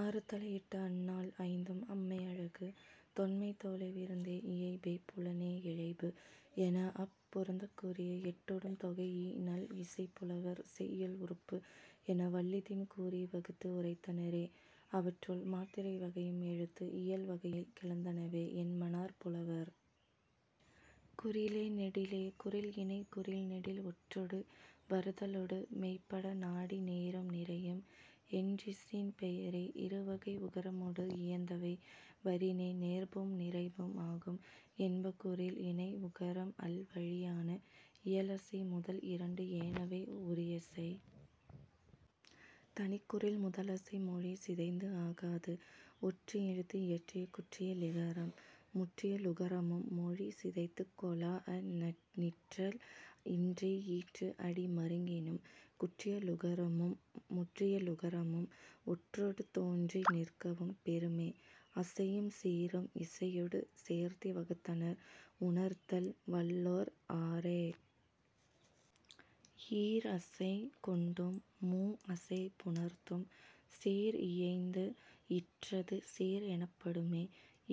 ஆறு தலை இட்ட அந் நால் ஐந்தும் அம்மை அழகு தொன்மை தோலே விருந்தே இயைபே புலனே இழைபு எனாஅப் பொருந்தக் கூறிய எட்டொடும் தொகைஇ நல் இசைப் புலவர் செய்யுள் உறுப்பு என வல்லிதின் கூறி வகுத்து உரைத்தனரே. அவற்றுள், மாத்திரை வகையும் எழுத்து இயல் வகையும் கிளந்தனவே என்மனார் புலவர். குறிலே நெடிலே குறில் இணை குறில் நெடில் ஒற்றொடு வருதலொடு மெய்ப் பட நாடி நேரும் நிரையும் என்றிசின் பெயரே. இரு வகை உகரமொடு இயைந்தவை வரினே நேர்பும் நிரைபும் ஆகும் என்ப குறில் இணை உகரம் அல் வழியான. இயலசை முதல் இரண்டு ஏனவை உரியசை. தனிக் குறில் முதலசை மொழி சிதைந்து ஆகாது. ஒற்று எழுத்து இயற்றே குற்றியலிகரம். முற்றியலுகரமும் மொழி சிதைத்துக் கொளாஅ நிற்றல் இன்றே ஈற்று அடி மருங்கினும். குற்றியலுகரமும் முற்றியலுகரமும் ஒற்றொடு தோன்றி நிற்கவும் பெறுமே. அசையும் சீரும் இசையொடு சேர்த்தி வகுத்தனர் உணர்த்தல் வல்லோர் ஆறே. ஈர் அசை கொண்டும் மூ அசை புணர்த்தும் சீர் இயைந்து இற்றது சீர் எனப்படுமே.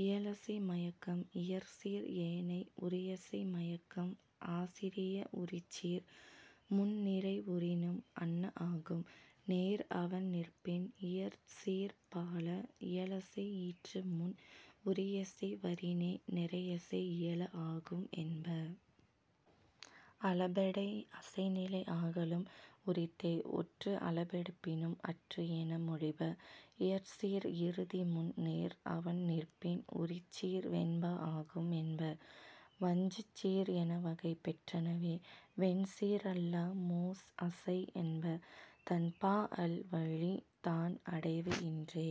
இயலசை மயக்கம் இயற்சீர் ஏனை உரியசை மயக்கம் ஆசிரிய உரிச்சீர். முன் நிரை உறினும் அன்ன ஆகும். நேர் அவண் நிற்பின் இயற்சீர்ப் பால. இயலசை ஈற்று முன் உரியசை வரினே நிரையசை இயல ஆகும் என்ப. அளபெடை அசைநிலை ஆகலும் உரித்தே. ஒற்று அளபெடுப்பினும் அற்று என மொழிப. இயற்சீர் இறுதி முன் நேர் அவண் நிற்பின் உரிச்சீர் வெண்பா ஆகும் என்ப. வஞ்சிச் சீர் என வகை பெற்றனவே வெண் சீர் அல்லா மூ அசை என்ப. தன் பா அல் வழி தான் அடைவு இன்றே.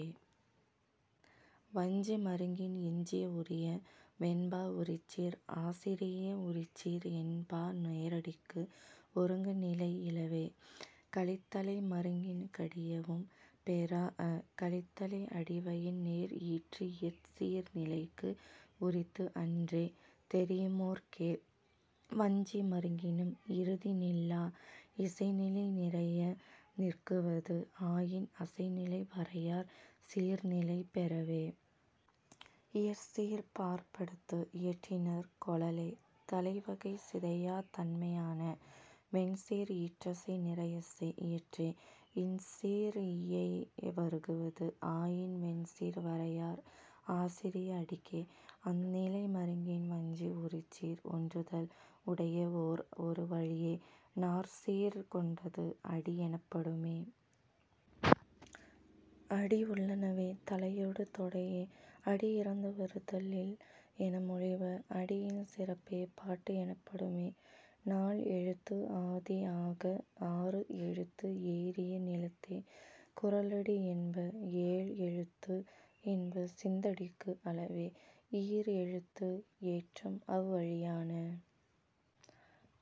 வஞ்சி மருங்கின் எஞ்சிய உரிய. வெண்பா உரிச்சீர் ஆசிரிய உரிச்சீர் இன் பா நேரடிக்கு ஒருங்கு நிலை இலவே. கலித்தளை மருங்கின் கடியவும் பெறாஅ. கலித்தளை அடிவயின் நேர் ஈற்று இயற்சீர் நிலைக்கு உரித்து அன்றே தெரியுமோர்க்கே. வஞ்சி மருங்கினும் இறுதி நில்லா. இசைநிலை நிறைய நிற்குவது ஆயின் அசைநிலை வரையார் சீர் நிலை பெறவே. இயற்சீர்ப் பாற்படுத்து இயற்றினர் கொளலே தளை வகை சிதையாத் தன்மையான. வெண்சீர் ஈற்றசை நிரையசை இயற்றே. இன் சீர் இயைய வருகுவது ஆயின் வெண்சீர் வரையார் ஆசிரிய அடிக்கே. அந் நிலை மருங்கின் வஞ்சி உரிச்சீர் ஒன்றுதல் உடைய ஓர் ஒரு வழியே. நாற் சீர் கொண்டது அடி எனப்படுமே. அடி உள்ளனவே தளையொடு தொடையே. அடி இறந்து வருதல் இல் என மொழிப. அடியின் சிறப்பே பாட்டு எனப்படுமே. நால் எழுத்து ஆதி ஆக ஆறு எழுத்து ஏறிய நிலத்தே குறளடி என்ப. ஏழ் எழுத்து என்ப சிந்தடிக்கு அளவே ஈர் எழுத்து ஏற்றம் அவ் வழியான.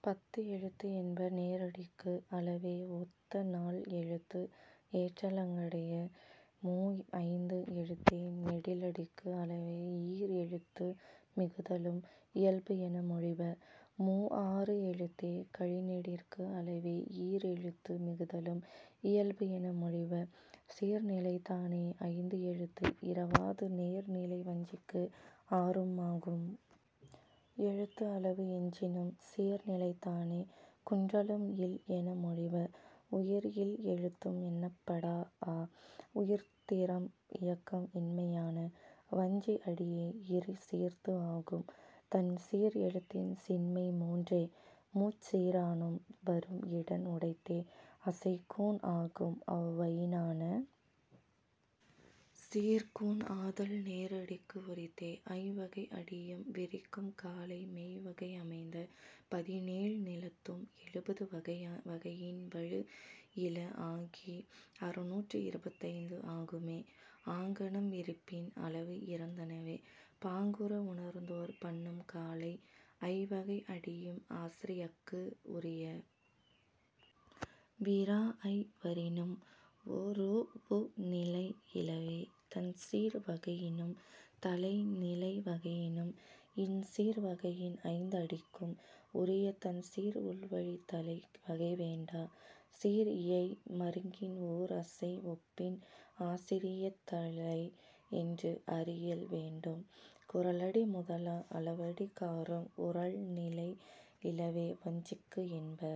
பத்து எழுத்து என்ப நேரடிக்கு அளவே ஒத்த நால் எழுத்து ஏற்றலங்கடையே. மூ ஐந்து எழுத்தே நெடிலடிக்கு அளவே ஈர் எழுத்து மிகுதலும் இயல்பு என மொழிப. மூ ஆறு எழுத்தே கழிநெடிற்கு அளவே ஈர் எழுத்து மிகுதலும் இயல்பு என மொழிப. சீர் நிலைதானே ஐந்து எழுத்து இறவாது நேர் நிலை வஞ்சிக்கு ஆறும் ஆகும். எழுத்து அளவு எஞ்சினும் சீர் நிலைதானே குன்றலும் இல் என மொழிப. உயிர் இல் எழுத்தும் எண்ணப்படாஅ உயிர்த் திறம் இயக்கம் இன்மையான. வஞ்சி அடியே இரு சீர்த்து ஆகும். தன் சீர் எழுத்தின் சின்மை மூன்றே. முச் சீரானும் வரும் இடன் உடைத்தே. அசை கூன் ஆகும் அவ்வயினான. சீர் கூன் ஆதல் நேரடிக்கு உரித்தே. ஐ வகை அடியும் விரிக்கும் காலை மெய் வகை அமைந்த பதினேழ் நிலத்தும் எழுபது வகையின் வழு இல ஆகி அறுநூற்று இருபத்தைந்து ஆகும்மே. ஆங்கனம் விரிப்பின் அளவு இறந்தனவே பாங்குற உணர்ந்தோர் பன்னும் காலை. ஐ வகை அடியும் ஆசிரியக்கு உரிய. விராஅய் வரினும் ஒரூஉ நிலை இலவே. தன் சீர் வகையினும் தளை நிலை வகையினும் இன் சீர் வகையின் ஐந்து அடிக்கும் உரிய தன் சீர் உள்வழித் தளை வகை வேண்டா. சீர் இயை மருங்கின் ஓர் அசை ஒப்பின் ஆசிரியத் தளை என்று அறியல் வேண்டும். குறளடி முதலா அளவடி காறும் உறழ் நிலை இலவே வஞ்சிக்கு என்ப.